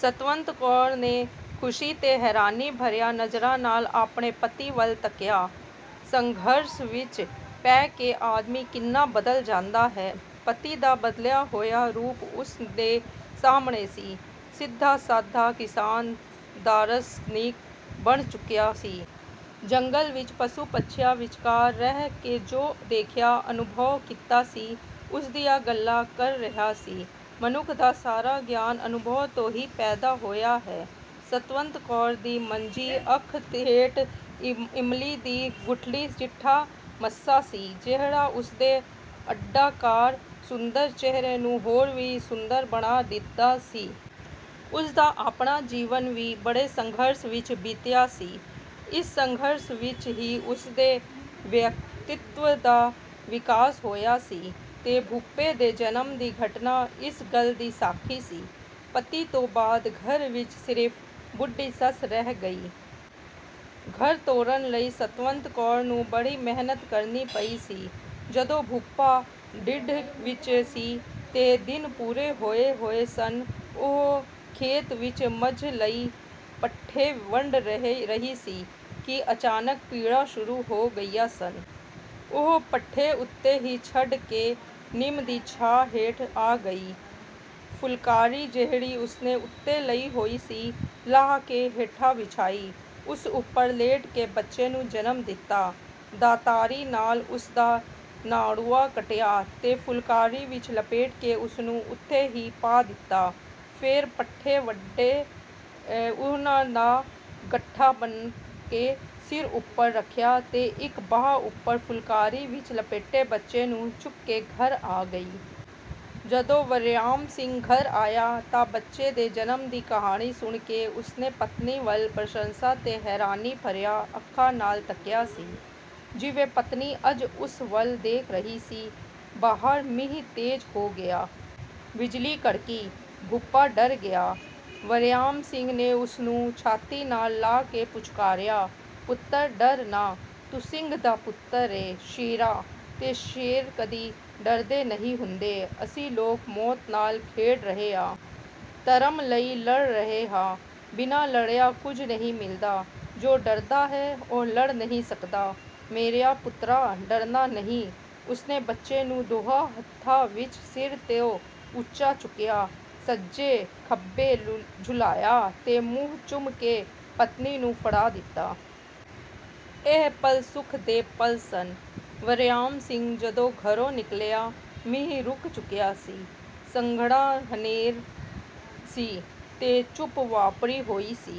ਸਤਵੰਤ ਕੌਰ ਨੇ ਖੁਸ਼ੀ ਤੇ ਹੈਰਾਨੀ ਭਰੀਆਂ ਨਜ਼ਰਾਂ ਨਾਲ ਆਪਣੇ ਪਤੀ ਵੱਲ ਤੱਕਿਆ। ਸੰਘਰਸ਼ ਵਿੱਚ ਪੈ ਕੇ ਆਦਮੀ ਕਿੰਨਾ ਬਦਲ ਜਾਂਦਾ ਹੈ! ਪਤੀ ਦਾ ਬਦਲਿਆ ਹੋਇਆ ਰੂਪ ਉਸ ਦੇ ਸਾਹਮਣੇ ਸੀ। ਸਿੱਧਾ-ਸਾਦਾ ਕਿਸਾਨ ਦਾਰਸ਼ਨੀਕ ਬਣ ਚੁੱਕਿਆ ਸੀ। ਜੰਗਲ ਵਿੱਚ ਪਸ਼ੂ-ਪੰਛੀਆਂ ਵਿਚਕਾਰ ਰਹਿ ਕੇ ਜੋ ਦੇਖਿਆ, ਅਨੁਭਵ ਕੀਤਾ ਸੀ, ਉਸਦੀਆਂ ਗੱਲਾਂ ਕਰ ਰਿਹਾ ਸੀ। ਮਨੁੱਖ ਦਾ ਸਾਰਾ ਗਿਆਨ ਅਨੁਭਵ ਤੋਂ ਹੀ ਪੈਦਾ ਹੋਇਆ ਹੈ। ਸਤਵੰਤ ਕੌਰ ਦੀ ਸੱਜੀ ਅੱਖ ਹੇਠ ਇਮਲੀ ਦੀ ਗੁਠਲੀ ਜਿੱਡਾ ਮੱਸਾ ਸੀ, ਜਿਹੜਾ ਉਸਦੇ ਅੰਡਾ-ਕਾਰ ਸੁੰਦਰ ਚਿਹਰੇ ਨੂੰ ਹੋਰ ਵੀ ਸੁੰਦਰ ਬਣਾ ਦਿੰਦਾ ਸੀ। ਉਸਦਾ ਆਪਣਾ ਜੀਵਨ ਵੀ ਬੜੇ ਸੰਘਰਸ਼ ਵਿੱਚ ਬੀਤਿਆ ਸੀ। ਇਸ ਸੰਘਰਸ਼ ਵਿੱਚ ਹੀ ਉਸਦੇ ਵਿਅਕਤੀਤਵ ਦਾ ਵਿਕਾਸ ਹੋਇਆ ਸੀ ਤੇ ਭੂਪੇ ਦੇ ਜਨਮ ਦੀ ਘਟਨਾ ਇਸ ਗੱਲ ਦੀ ਸਾਖੀ ਸੀ। ਪਤੀ ਤੋਂ ਬਾਅਦ ਘਰ ਵਿੱਚ ਸਿਰਫ ਬੁੱਢੀ ਸੱਸ ਰਹਿ ਗਈ। ਘਰ ਤੋਰਨ ਲਈ ਸਤਵੰਤ ਕੌਰ ਨੂੰ ਬੜੀ ਮਿਹਨਤ ਕਰਨੀ ਪਈ ਸੀ। ਜਦੋਂ ਭੂਪਾ ਢਿੱਡ ਵਿੱਚ ਸੀ ਤੇ ਦਿਨ ਪੂਰੇ ਹੋਏ ਹੋਏ ਸਨ, ਉਹ ਖੇਤ ਵਿੱਚ ਮੱਝ ਲਈ ਪੱਠੇ ਵੱਢ ਰਹੀ ਸੀ ਕਿ ਅਚਾਨਕ ਪੀੜਾਂ ਸ਼ੁਰੂ ਹੋ ਗਈਆਂ ਸਨ। ਉਹ ਪੱਠੇ ਉੱਥੇ ਹੀ ਛੱਡ ਕੇ ਨਿੰਮ ਦੀ ਛਾਂ ਹੇਠ ਆ ਗਈ। ਫੁਲਕਾਰੀ, ਜਿਹੜੀ ਉਸਨੇ ਉੱਤੇ ਲਈ ਹੋਈ ਸੀ, ਲਾਹ ਕੇ ਹੇਠਾਂ ਵਿਛਾਈ। ਉਸ ਉੱਪਰ ਲੇਟ ਕੇ ਬੱਚੇ ਨੂੰ ਜਨਮ ਦਿੱਤਾ, ਦਾਤਰੀ ਨਾਲ ਉਸਦਾ ਨਾੜੂਆ ਕੱਟਿਆ ਤੇ ਫੁਲਕਾਰੀ ਵਿੱਚ ਲਪੇਟ ਕੇ ਉਸਨੂੰ ਉੱਥੇ ਹੀ ਪਾ ਦਿੱਤਾ, ਫੇਰ ਪੱਠੇ ਵੱਢੇ, ਉਹਨਾਂ ਦਾ ਗੱਠਾ ਬੰਨ੍ਹ ਕੇ ਸਿਰ ਉੱਪਰ ਰੱਖਿਆ ਤੇ ਇੱਕ ਬਾਂਹ ਉੱਪਰ ਫੁਲਕਾਰੀ ਵਿੱਚ ਲਪੇਟੇ ਬੱਚੇ ਨੂੰ ਚੁੱਕ ਕੇ ਘਰ ਆ ਗਈ। ਜਦੋਂ ਵਰਿਆਮ ਸਿੰਘ ਘਰ ਆਇਆ ਤਾਂ ਬੱਚੇ ਦੇ ਜਨਮ ਦੀ ਕਹਾਣੀ ਸੁਣ ਕੇ ਉਸਨੇ ਪਤਨੀ ਵੱਲ ਪ੍ਰਸ਼ੰਸਾ ਤੇ ਹੈਰਾਨੀ ਭਰੀਆਂ ਅੱਖਾਂ ਨਾਲ ਤੱਕਿਆ ਸੀ, ਜਿਵੇਂ ਪਤਨੀ ਅੱਜ ਉਸ ਵੱਲ ਦੇਖ ਰਹੀ ਸੀ। ਬਾਹਰ ਮੀਂਹ ਤੇਜ਼ ਹੋ ਗਿਆ। ਬਿਜਲੀ ਕੜਕੀ। ਭੂਪਾ ਡਰ ਗਿਆ। ਵਰਿਆਮ ਸਿੰਘ ਨੇ ਉਸਨੂੰ ਛਾਤੀ ਨਾਲ ਲਾ ਕੇ ਪੁਚਕਾਰਿਆ, "ਪੁੱਤਰ ਡਰ ਨਾ। ਤੂੰ ਸਿੰਘ ਦਾ ਪੁੱਤਰ ਏਂ ਸ਼ੇਰਾ, ਤੇ ਸ਼ੇਰ ਕਦੀ ਡਰਦੇ ਨਹੀਂ ਹੁੰਦੇ। ਅਸੀਂ ਲੋਕ ਮੌਤ ਨਾਲ ਖੇਡ ਰਹੇ ਆਂ। ਧਰਮ ਲਈ ਲੜ ਰਹੇ ਹਾਂ। ਬਿਨਾਂ ਲੜਿਆਂ ਕੁਝ ਨਹੀਂ ਮਿਲਦਾ। ਜੋ ਡਰਦਾ ਏ, ਉਹ ਲੜ ਨਹੀਂ ਸਕਦਾ। ਮੇਰਿਆ ਪੁੱਤਰਾ, ਡਰਨਾ ਨਹੀਂ।" ਉਸਨੇ ਬੱਚੇ ਨੂੰ ਦੋਹਾਂ ਹੱਥਾਂ ਵਿੱਚ ਸਿਰ ਤੋਂ ਉੱਚਾ ਚੁੱਕਿਆ, ਸੱਜੇ-ਖੱਬੇ ਝੁਲਾਇਆ ਤੇ ਮੂੰਹ ਚੁੰਮ ਕੇ ਪਤਨੀ ਨੂੰ ਫੜਾ ਦਿੱਤਾ। ਇਹ ਪਲ ਸੁਖ ਦੇ ਪਲ ਸਨ। ਵਰਿਆਮ ਸਿੰਘ ਜਦੋਂ ਘਰੋਂ ਨਿਕਲਿਆ, ਮੀਂਹ ਰੁਕ ਚੁੱਕਿਆ ਸੀ। ਸੰਘਣਾ ਹਨੇਰ ਸੀ ਤੇ ਚੁੱਪ ਵਾਪਰੀ ਹੋਈ ਸੀ।